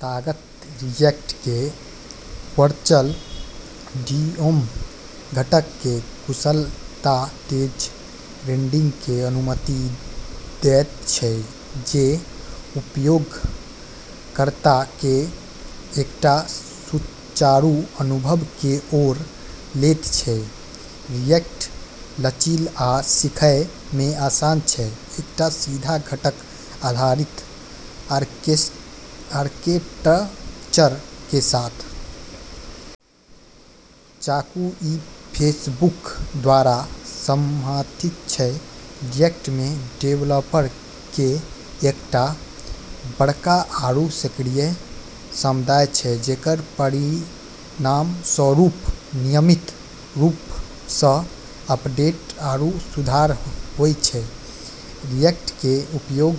ताकत रिएक्ट के virtual DOM घटक के कुशल आ तेज रेंडरिंग के अनुमति दैत छै, जे उपयोगकर्ता के एकटा सुचारू अनुभव के ओर लैत छै। रिएक्ट लचिल आ सीखय मे आसान छै, एकटा सीधा घटक आधारित आर्किटेक्चर के साथ। चूँकि ई फेसबुक द्वारा समर्थित छै, रिएक्ट मे डेवलपर के एकटा बडका आरू सक्रिय समुदाय छै, जेकर परिणामस्वरूप नियमित रूप सँ अपडेट आरू सुधार होय छै। रिएक्ट के उपयोग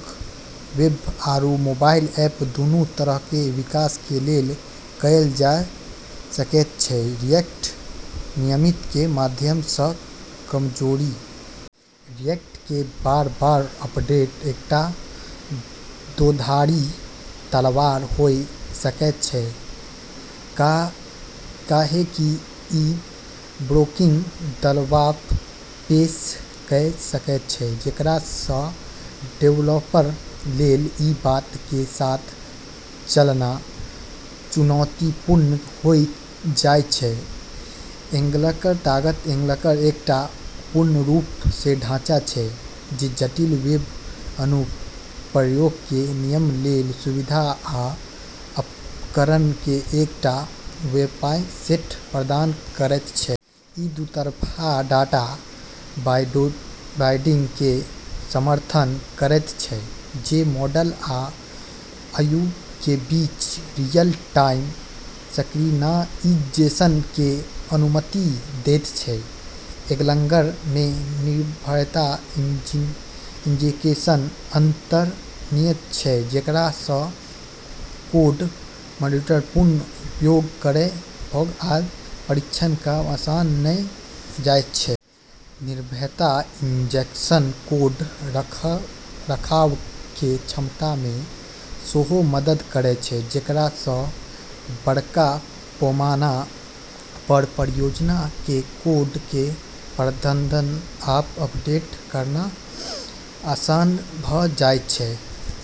वेब आरू मोबाइल ऐप दुनू तरह के विकास लेल कयल जा सकैत छै, रिएक्ट नेटिव के माध्यम सँ। कमजोरी रिएक्ट के बार-बार अपडेट एकटा दोधारी तलवार होय सकैत छै, काहेकि ई ब्रेकिंग बदलाव पेश कय सकैत छै, जेकरा सँ डेवलपर लेल ई बात के साथ चलना चुनौतीपूर्ण होय जाय छै। एंगलर ताकत एंगलर एकटा पूर्ण रूप सँ ढाँचा छै, जे जटिल वेब अनुप्रयोग के निर्माण लेल सुविधा आ उपकरण के एकटा व्यापक सेट प्रदान करैत छै। इ द्वि-तरफा डाटा बाइंडिंग के समर्थन करैत छै, जे मॉडल आ व्यू के बीच रियल-टाइम सिंक्रनाइजेशन के अनुमति दैत छै। एंगलर मे निर्भरता इंजेक्शन अंतर्निहित छै, जेकरा सँ कोड मॉड्यूलर, पुन: उपयोग करय योग्य, आ परीक्षण करय मे आसान भ जाइत छै। निर्भरता इंजेक्शन कोड रखरखाव के क्षमता मे सेहो मदद करैत छै, जेकरा सँ बडका पैमाना पर परियोजना मे कोड के प्रबंधन आ अपडेट करनाय आसान भ जाइत छै।